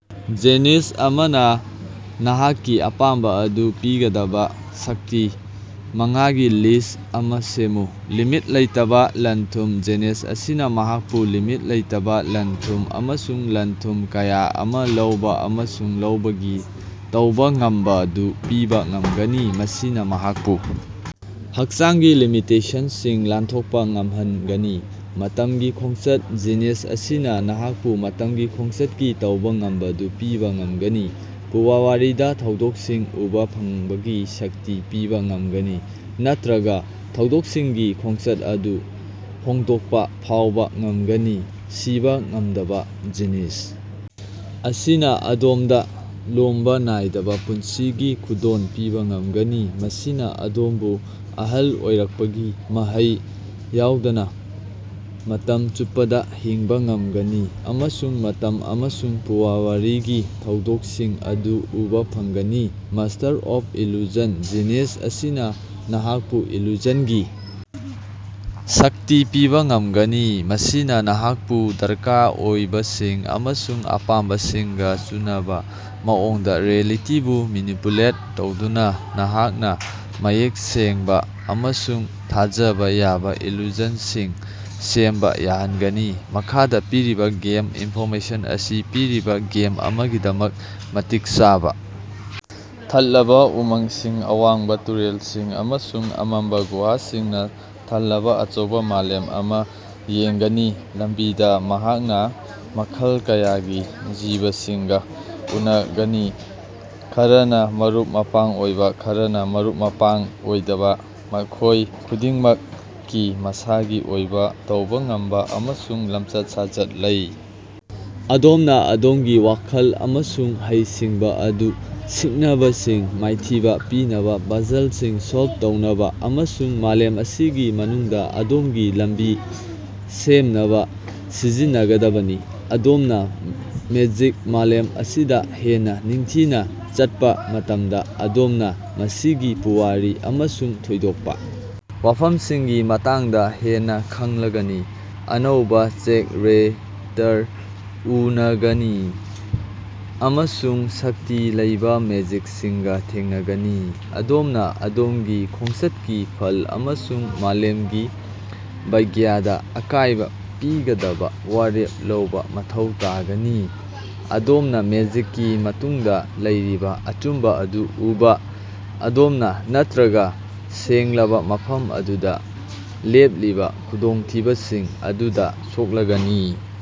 Genius ꯑꯃꯅ ꯅꯍꯥꯛꯀꯤ ꯑꯄꯥꯝꯕ ꯑꯗꯨ ꯄꯤꯒꯗꯕ ꯁꯛꯇꯤ ꯃꯉꯥꯒꯤ ꯂꯤꯁ꯭ꯠ ꯑꯃ ꯁꯦꯝꯃꯨ꯫ ꯂꯤꯃꯤꯠ ꯂꯩꯇꯕ ꯂꯟ-ꯊꯨꯝ: ꯖꯦꯅꯤꯁ ꯑꯁꯤꯅ ꯃꯍꯥꯛꯄꯨ ꯂꯤꯃꯤꯠ ꯂꯩꯇꯕ ꯂꯟ-ꯊꯨꯝ ꯑꯃꯁꯨꯡ ꯂꯟ-ꯊꯨꯝ ꯀꯌꯥ ꯑꯃ ꯂꯧꯕ ꯑꯃꯁꯨꯡ ꯂꯩꯕꯒꯤ ꯇꯧꯕ ꯉꯝꯕ ꯑꯗꯨ ꯄꯤꯕ ꯉꯝꯒꯅꯤ꯫ ꯃꯁꯤꯅ ꯃꯍꯥꯛꯄꯨ ꯍꯛꯆꯥꯡꯒꯤ ꯂꯤꯃꯤꯇꯦꯁꯟꯁꯤꯡ ꯂꯥꯟꯊꯣꯛꯄ ꯉꯝꯍꯟꯒꯅꯤ꯫ ꯃꯇꯝꯒꯤ ꯈꯣꯡꯆꯠ: ꯖꯤꯅꯤꯁ ꯑꯁꯤꯅ ꯅꯍꯥꯛꯄꯨ ꯃꯇꯝꯒꯤ ꯈꯣꯡꯆꯠꯀꯤ ꯇꯧꯕ ꯉꯝꯕꯗꯨ ꯄꯤꯕꯥ ꯉꯝꯒꯅꯤ꯫ ꯄꯨꯋꯥ ꯋꯥꯔꯤꯗ ꯃꯔꯨꯑꯣꯏꯕ ꯊꯧꯗꯣꯛꯁꯤꯡ ꯎꯕ ꯐꯪꯕꯒꯤ ꯁꯛꯇꯤ ꯄꯤꯕ ꯉꯝꯒꯅꯤ ꯅꯠꯇ꯭ꯔꯒ ꯊꯧꯗꯣꯛꯁꯤꯡꯒꯤ ꯈꯣꯡꯆꯠ ꯑꯗꯨ ꯍꯣꯡꯗꯣꯛꯄ ꯐꯥꯎꯕ ꯉꯝꯒꯅꯤ꯫ ꯁꯤꯕ ꯉꯝꯗꯕ: ꯖꯤꯅꯤꯁ ꯑꯁꯤꯅ ꯑꯗꯣꯝꯗ ꯂꯣꯝꯕ ꯅꯥꯏꯗꯕ ꯄꯨꯟꯁꯤꯒꯤ ꯈꯨꯗꯣꯜ ꯄꯤꯕ ꯉꯝꯒꯅꯤ꯫ ꯃꯁꯤꯅ ꯑꯗꯣꯝꯕꯨ ꯑꯍꯜ ꯑꯣꯏꯔꯛꯄꯒꯤ ꯃꯍꯩ ꯌꯥꯎꯗꯅ ꯃꯇꯝ ꯆꯨꯞꯄꯗ ꯍꯤꯡꯕ ꯉꯝꯒꯅꯤ꯫ ꯑꯃꯁꯨꯡ ꯃꯇꯝ ꯑꯃꯁꯨꯡ ꯄꯨꯋꯥ ꯋꯥꯔꯤꯒꯤ ꯊꯧꯗꯣꯛꯁꯤꯡ ꯑꯗꯨ ꯎꯕ ꯐꯪꯒꯅꯤ꯫ ꯃꯥꯁ꯭ꯇꯔ ꯑꯣꯐ ꯏꯜꯂꯨꯖꯟ: ꯖꯤꯅꯤꯁ ꯑꯁꯤꯅ ꯅꯍꯥꯛꯄꯨ ꯏꯜꯂꯨꯖꯟꯒꯤ ꯁꯛꯇꯤ ꯄꯤꯕ ꯉꯝꯒꯅꯤ꯫ ꯃꯁꯤꯅ ꯅꯍꯥꯛꯄꯨ ꯗꯔꯀꯥꯔ ꯑꯣꯏꯕꯁꯤꯡ ꯑꯃꯁꯨꯡ ꯑꯄꯥꯝꯕꯁꯤꯡꯒ ꯆꯨꯅꯕ ꯃꯑꯣꯡꯗ ꯔꯤꯑꯦꯂꯤꯇꯤꯕꯨ ꯃꯦꯅꯤꯄꯨꯂꯦꯠ ꯇꯧꯗꯨꯅ ꯅꯍꯥꯛꯅ ꯃꯌꯦꯛ ꯁꯦꯡꯕ ꯑꯃꯁꯨꯡ ꯊꯥꯖꯕꯥ ꯌꯥꯕꯥ ꯏꯜꯂꯨꯖꯟꯁꯤꯡ ꯁꯦꯝꯕ ꯌꯥꯍꯟꯒꯅꯤ꯫ ꯃꯈꯥꯗ ꯄꯤꯔꯤꯕ ꯒꯦꯝ ꯏꯟꯐꯣꯔꯃꯦꯁꯟ ꯑꯁꯤ ꯄꯤꯔꯕ ꯒꯦꯝ ꯑꯃꯒꯤꯗꯃꯛ ꯃꯇꯤꯛ ꯆꯥꯕ ꯊꯜꯂꯕ ꯎꯃꯪꯁꯤꯡ, ꯑꯋꯥꯡꯕꯥ ꯇꯨꯔꯦꯜꯁꯤꯡ ꯑꯃꯁꯨꯡ ꯑꯃꯝꯕ ꯒꯨꯍꯥꯁꯤꯡꯅ ꯊꯜꯂꯕ ꯑꯆꯧꯕ ꯃꯥꯂꯦꯝ ꯑꯃ ꯌꯦꯡꯒꯅꯤ꯫ ꯂꯝꯕꯤꯗ ꯃꯍꯥꯛꯅ ꯃꯈꯜ ꯀꯌꯥꯒꯤ ꯖꯤꯕꯁꯤꯡꯒ ꯎꯅꯒꯅꯤ ꯈꯔꯅ ꯃꯔꯨꯞ-ꯃꯄꯥꯡ ꯑꯣꯏꯕ ꯈꯔꯅ ꯃꯔꯨꯞ-ꯃꯄꯥꯡ ꯑꯣꯏꯗꯕ ꯃꯈꯣꯏ ꯈꯨꯗꯤꯡꯃꯛꯀꯤ ꯃꯁꯥꯒꯤ ꯑꯣꯏꯕ ꯇꯧꯕ ꯉꯝꯕ ꯑꯃꯁꯨꯡ ꯂꯝꯆꯠ-ꯁꯥꯖꯠ ꯂꯩ꯫ ꯑꯗꯣꯝꯅ ꯑꯗꯣꯝꯒꯤ ꯋꯥꯈꯜ ꯑꯃꯁꯨꯡ ꯍꯩꯁꯤꯡꯕꯥ ꯑꯗꯨ ꯁꯤꯛꯅꯕꯁꯤꯡ ꯃꯥꯏꯊꯤꯕ ꯄꯤꯅꯕ ꯕꯥꯖꯜꯁꯤꯡ ꯁꯣꯜꯕ ꯇꯧꯅꯕ ꯑꯃꯁꯨꯡ ꯃꯥꯂꯦꯝ ꯑꯁꯤꯒꯤ ꯃꯅꯨꯡꯗ ꯑꯗꯣꯝꯒꯤ ꯂꯝꯕꯤ ꯁꯦꯝꯅꯕ ꯁꯤꯖꯤꯟꯅꯒꯗꯕꯅꯤ꯫ ꯑꯗꯣꯝꯅ ꯃꯦꯖꯤꯛ ꯃꯥꯂꯦꯝ ꯑꯁꯤꯗ ꯍꯦꯟꯅ ꯅꯤꯡꯊꯤꯅ ꯆꯠꯄ ꯃꯇꯝꯗ ꯑꯗꯣꯝꯅ ꯃꯁꯤꯒꯤ ꯄꯨꯋꯥꯔꯤ ꯑꯃꯁꯨꯡ ꯊꯣꯏꯗꯣꯛꯄ ꯋꯥꯐꯝꯁꯤꯡꯒꯤ ꯃꯇꯥꯡꯗ ꯍꯦꯟꯅ ꯈꯪꯂꯒꯅꯤ꯫ ꯑꯅꯧꯕ ꯆꯦꯛꯔꯦꯇꯔ ꯎꯅꯒꯅꯤ ꯑꯃꯁꯨꯡ ꯁꯛꯇꯤ ꯂꯩꯕ ꯃꯦꯖꯤꯛꯁꯤꯡꯒ ꯊꯦꯡꯅꯒꯅꯤ꯫ ꯑꯗꯣꯝꯅ ꯑꯗꯣꯝꯒꯤ ꯈꯣꯡꯆꯠꯀꯤ ꯐꯜ ꯑꯃꯁꯨꯡ ꯃꯥꯂꯦꯝꯒꯤ ꯚꯩꯒ꯭ꯌꯥꯗ ꯑꯀꯥꯏꯕ ꯄꯤꯒꯗꯕ ꯋꯥꯔꯦꯞ ꯂꯧꯕ ꯃꯊꯧ ꯇꯥꯒꯅꯤ꯫ ꯑꯗꯣꯝꯅ ꯃꯦꯖꯤꯛꯀꯤ ꯃꯇꯨꯡꯗ ꯂꯩꯔꯤꯕ ꯑꯆꯨꯝꯕ ꯑꯗꯨ ꯎꯕ ꯑꯗꯣꯝꯅ ꯅꯠꯇ꯭ꯔꯒ ꯁꯦꯡꯂꯕ ꯃꯐꯝ ꯑꯗꯨꯗ ꯂꯦꯞꯂꯤꯕ ꯈꯨꯗꯣꯡꯊꯤꯕꯁꯤꯡ ꯑꯗꯨꯗ ꯁꯣꯛꯂꯒꯅꯤ꯫